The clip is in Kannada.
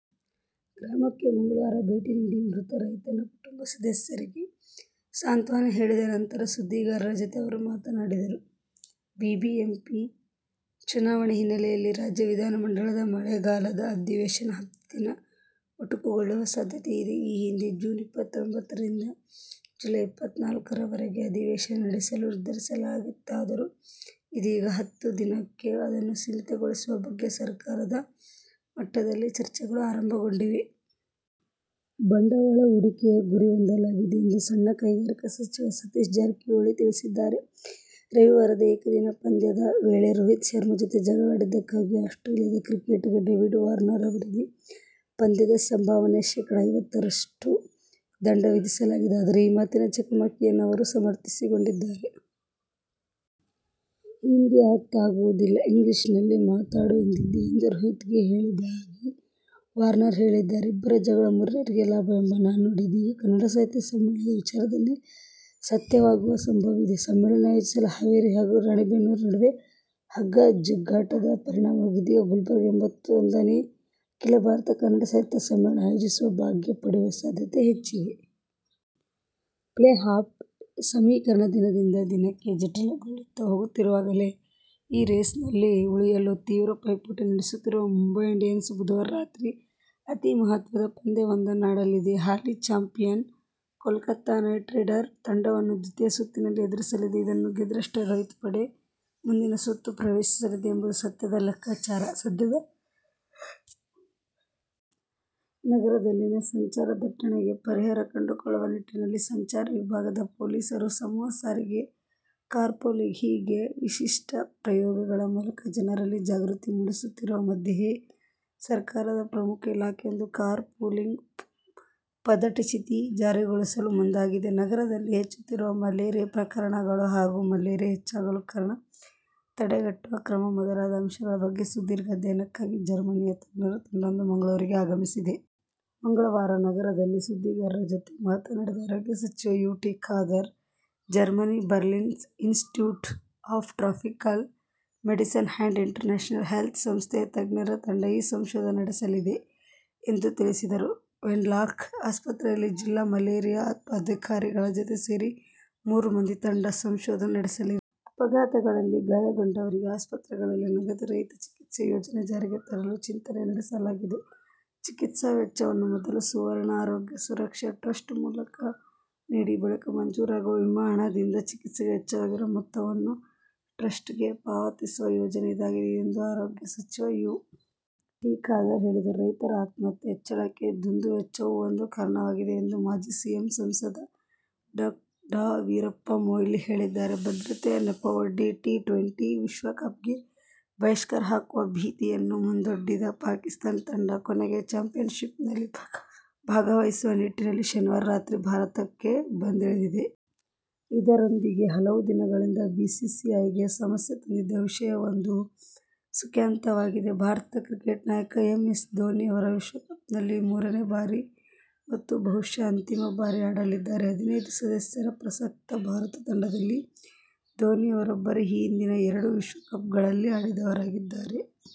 ಗ್ರಾಮಕ್ಕೆ ಮಂಗಳವಾರ ಭೇಟಿ ನೀಡಿ, ಮೃತ ರೈತನ ಕುಟುಂಬ ಸದಸ್ಯರಿಗೆ ಸಾಂತ್ವನ ಹೇಳಿದ ನಂತರ ಸುದ್ದಿಗಾರರ ಜತೆ ಅವರು ಮಾತನಾಡಿದರು. ಬಿಬಿಎಂಪಿ ಚುನಾವಣೆ ಹಿನ್ನೆಲೆಯಲ್ಲಿ ರಾಜ್ಯ ವಿಧಾನಮಂಡಲದ ಮಳೆಗಾಲದ ಅಧಿವೇಶನ ಹತ್ತು ದಿನ ಮೊಟಕುಗೊಳ್ಳುವ ಸಾಧ್ಯತೆಯಿದೆ. ಈ ಹಿಂದೆ ಜೂನ್ ಇಪ್ಪತ್ತೊಂಬತ್ತರಿಂದ ಜುಲೈ ಇಪ್ಪತ್ನಾಲ್ಕರವರೆಗೆ ಅಧಿವೇಶನ ನಡೆಸಲು ನಿರ್ಧರಿಸಲಾಗಿತ್ತಾದರೂ ಇದೀಗ ಹತ್ತು ದಿನಕ್ಕೆ ಅದನ್ನು ಸೀಮಿತಗೊಳಿಸುವ ಬಗ್ಗೆ ಸರ್ಕಾರದ ಮಟ್ಟದಲ್ಲಿ ಚರ್ಚೆಗಳು ಆರಂಭಗೊಂಡಿವೆ. ಬಂಡವಾಳ ಹೂಡಿಕೆಯ ಗುರಿ ಹೊಂದಲಾಗಿದೆ ಎಂದು ಸಣ್ಣ ಕೈಗಾರಿಕಾ ಸಚಿವ ಸತೀಶ್ ಜಾರಕಿಹೊಳಿ ತಿಳಿಸಿದ್ದಾರೆ. ರವಿವಾರದ ಏಕದಿನ ಪಂದ್ಯದ ವೇಳೆ ರೋಹಿತ್ ಶರ್ಮ ಜತೆ ಜಗಳಾಡಿದ್ದಕ್ಕಾಗಿ ಆಸ್ಟ್ರೇಲಿಯದ ಕ್ರಿಕೆಟಿಗ ಡೇವಿಡ್ ವಾರ್ನರ್ ಅವರಿಗೆ ಪಂದ್ಯದ ಸಂಭಾವನೆಯ ಶೇಖಡ ಐವತ್ತರಷ್ಟು ದಂಡ ವಿಧಿಸಲಾಗಿದೆ ಆದರೆ ಈ ಮಾತಿನ ಚಕಮಕಿಯನ್ನು ಅವರು ಸಮರ್ಥಿಸಿಕೊಂಡಿದ್ದಾರೆ. "ಹಿಂದಿ ಅರ್ಥ ಆಗೋದಿಲ್ಲ. ಇಂಗ್ಲಿಷ್ನಲ್ಲಿ ಮಾತನಾಡು ಎಂದಿದ್ದೆ' ಎಂದು ರೋಹಿತ್ಗೆ ಹೇಳಿದ್ದಾಗಿ ವಾರ್ನರ್ ಹೇಳಿದ್ದಾರೆ. ಇಬ್ಬರ ಜಗಳ ಮೂರನೆಯವರಿಗೆ ಲಾಭ ಎಂಬ ನಾಣ್ಣುಡಿ ಇದೀಗ ಕನ್ನಡ ಸಾಹಿತ್ಯ ಸಮ್ಮೇಳನದ ವಿಚಾರದಲ್ಲಿ ಸತ್ಯವಾಗುವ ಸಂಭವವಿದೆ. ಸಮ್ಮೇಳನ ಆಯೋಜಿಸಲು ಹಾವೇರಿ ಹಾಗೂ ರಾಣೆಬೆನ್ನೂರು ನಡುವಿನ ಹಗ್ಗ-ಜಗ್ಗಾಟದ ಪರಿಣಾಮವಾಗಿ ಇದೀಗ ಗುಲ್ಬರ್ಗ ಎಂಬತ್ತೊಂದನೇ ಅಖೀಲ ಭಾರತ ಕನ್ನಡ ಸಾಹಿತ್ಯ ಸಮ್ಮೇಳನ ಆಯೋಜಿಸುವ ಭಾಗ್ಯ ಪಡೆಯುವ ಸಾಧ್ಯತೆ ಹೆಚ್ಚಿದೆ. ಪ್ಲೇ-ಆಫ್ ಸಮೀಕರಣ ದಿನದಿಂದ ದಿನಕ್ಕೆ ಜಟಿಲಗೊಳ್ಳುತ್ತ ಹೋಗುತ್ತಿರುವಾಗಲೇ ಈ ರೇಸ್ನಲ್ಲಿ ಉಳಿಯಲು ತೀವ್ರ ಪೈಪೋಟಿ ನಡೆಸುತ್ತಿರುವ ಮುಂಬೈ ಇಂಡಿಯನ್ಸ್ ಬುಧವಾರ ರಾತ್ರಿ ಅತೀ ಮಹತ್ವದ ಪಂದ್ಯವೊಂದನ್ನು ಆಡಲಿದೆ. ಹಾಲಿ ಚಾಂಪಿಯನ್ ಕೋಲ್ಕತಾ ನೈಟ್ರೈಡರ್ ತಂಡವನ್ನು ದ್ವಿತೀಯ ಸುತ್ತಿನಲ್ಲಿ ಎದುರಿಸಲಿದೆ. ಇದನ್ನು ಗೆದ್ದರಷ್ಟೇ ರೋಹಿತ್ ಪಡೆ ಮುಂದಿನ ಸುತ್ತು ಪ್ರವೇಶಿಸಲಿದೆ ಎಂಬುದು ಸದ್ಯದ ಲೆಕ್ಕಾಚಾರ. ನಗರದಲ್ಲಿನ ಸಂಚಾರ ದಟ್ಟಣೆಗೆ ಪರಿಹಾರ ಕಂಡುಕೊಳ್ಳುವ ನಿಟ್ಟಿನಲ್ಲಿ ಸಂಚಾರ ವಿಭಾಗದ ಪೊಲೀಸರು ಸಮೂಹ ಸಾರಿಗೆ, ಕಾರ್ಪೂಲಿಂಗ್ಹೀಗೆ ವಿಶಿಷ್ಟ ಪ್ರಯೋಗಗಳ ಮೂಲಕ ಜನರಲ್ಲಿ ಜಾಗೃತಿ ಮೂಡಿಸುತ್ತಿರುವ ಮಧ್ಯೆಯೇ ಸರ್ಕಾರದ ಪ್ರಮುಖ ಇಲಾಖೆಯೊಂದು ಕಾರ್ ಪೂಲಿಂಗ್ ಪದಟಛಿತಿ ಜಾರಿಗೊಳಿಸಲು ಮುಂದಾಗಿದೆ. ನಗರದಲ್ಲಿ ಹೆಚ್ಚುತ್ತಿರುವ ಮಲೇರಿಯಾ ಪ್ರಕರಣಗಳು ಹಾಗೂ ಮಲೇರಿಯಾ ಹೆಚ್ಚಾಗಲು ಕಾರಣ, ತಡೆಗಟ್ಟುವ ಕ್ರಮ ಮೊದಲಾದ ಅಂಶಗಳ ಬಗ್ಗೆ ಸುದೀರ್ಘ ಅಧ್ಯಯನಕ್ಕಾಗಿ ಜರ್ಮನಿಯ ತಜ್ಞರ ತಂಡವೊಂದು ಮಂಗಳೂರಿಗೆ ಆಗಮಿಸಿದೆ. ಮಂಗಳವಾರ ನಗರದಲ್ಲಿ ಸುದ್ದಿಗಾರರ ಜತೆ ಮಾತನಾಡಿದ ಆರೋಗ್ಯ ಸಚಿವ ಯು. ಟಿ. ಖಾದರ್, ಜರ್ಮನಿ ಬರ್ಲಿನ್ನ Institute of Tropical Medicine and International Health ಸಂಸ್ಥೆಯ ತಜ್ಞರ ತಂಡ ಈ ಸಂಶೋಧನೆ ನಡೆಸಲಿದೆ ಎಂದು ತಿಳಿಸಿದರು. ವೆನ್ಲಾಕ್ ಆಸ್ಪತ್ರೆಯಲ್ಲಿ ಜಿಲ್ಲಾ ಮಲೇರಿಯಾ ಅಧಿಕಾರಿಗಳ ಜತೆ ಸೇರಿ ಮೂರು ಮಂದಿ ತಂಡ ಸಂಶೋಧನೆ ನಡೆಸಲಿದೆ. ಅಪಘಾತಗಳಲ್ಲಿ ಗಾಯಗೊಂಡವರಿಗೆ ಆಸ್ಪತ್ರೆಗಳಲ್ಲಿ ನಗದು ರಹಿತ ಚಿಕಿತ್ಸೆ ಯೋಜನೆ ಜಾರಿಗೆ ತರಲು ಚಿಂತನೆ ನಡೆಸಲಾಗಿದೆ. ಚಿಕಿತ್ಸಾ ವೆಚ್ಚವನ್ನು ಮೊದಲು ಸುವರ್ಣ ಆರೋಗ್ಯ ಸುರಕ್ಷಾ ಟ್ರಸ್ಟ್ ಮೂಲಕ ನೀಡಿ ಬಳಿಕ ಮಂಜೂರಾಗುವ ವಿಮಾ ಹಣದಿಂದ ಚಿಕಿತ್ಸೆಗೆ ವೆಚ್ಚವಾಗಿರುವ ಮೊತ್ತವನ್ನು ಟ್ರಸ್ಟ್ ಗೆ ಪಾವತಿಸುವ ಯೋಜನೆ ಇದಾಗಿದೆ ಎಂದು ಆರೋಗ್ಯ ಸಚಿವ ಯು. ಟಿ. ಖಾದರ್ ಹೇಳಿದರು. ರೈತರ ಆತ್ಮಹತ್ಯೆ ಹೆಚ್ಚಳಕ್ಕೆ ದುಂದುವೆಚ್ಚವೂ ಒಂದು ಕಾರಣವಾಗಿದೆ ಎಂದು ಮಾಜಿ ಸಿಎಂ, ಸಂಸದ ಡಾ. ವೀರಪ್ಪ ಮೊಯ್ಲಿ ಹೇಳಿದ್ದಾರೆ. ಭದ್ರತೆಯ ನೆಪವೊಡ್ಡಿ, ಟಿ ಟ್ವೆಂಟಿ ವಿಶ್ವಕಪ್ಗೆ ಬಹಿಷ್ಕಾರ ಹಾಕುವ ಭೀತಿಯನ್ನೂ ಮುಂದೊಡ್ಡಿದ್ದ ಪಾಕಿಸ್ತಾನ ತಂಡ, ಕೊನೆಗೂ ಚಾಂಪಿಯನ್ಶಿಪ್ನಲ್ಲಿ ಭಾಗವಹಿಸುವ ನಿಟ್ಟಿನಲ್ಲಿ ಶನಿವಾರ ರಾತ್ರಿ ಭಾರತಕ್ಕೆ ಬಂದಿಳಿದಿದೆ. ಇದರೊಂದಿಗೆ ಹಲವು ದಿನಗಳಿಂದ ಬಿಸಿಸಿಐಗೆ ಸಮಸ್ಯೆ ತಂದಿದ್ದ ವಿಷಯವೊಂದು ಸುಖಾಂತ್ಯವಾಗಿದೆ. ಭಾರತದ ಕ್ರಿಕೆಟ್ ನಾಯಕ ಎಂ. ಎಸ್. ಧೋನಿ ಅವರು ವಿಶ್ವಕಪ್ನಲ್ಲಿ ಮೂರನೆ ಬಾರಿ ಮತ್ತು ಬಹುಶಃ ಅಂತಿಮ ಬಾರಿ ಆಡಲಿದ್ದಾರೆ. ಹದಿನೈದು ಸದಸ್ಯರ ಪ್ರಸಕ್ತ ಭಾರತ ತಂಡದಲ್ಲಿ ಧೋನಿ ಅವರೊಬ್ಬರೇ ಈ ಹಿಂದಿನ ಎರಡು ವಿಶ್ವಕಪ್ಗ್ಳಲ್ಲಿ ಆಡಿದವರಾಗಿದ್ದಾರೆ.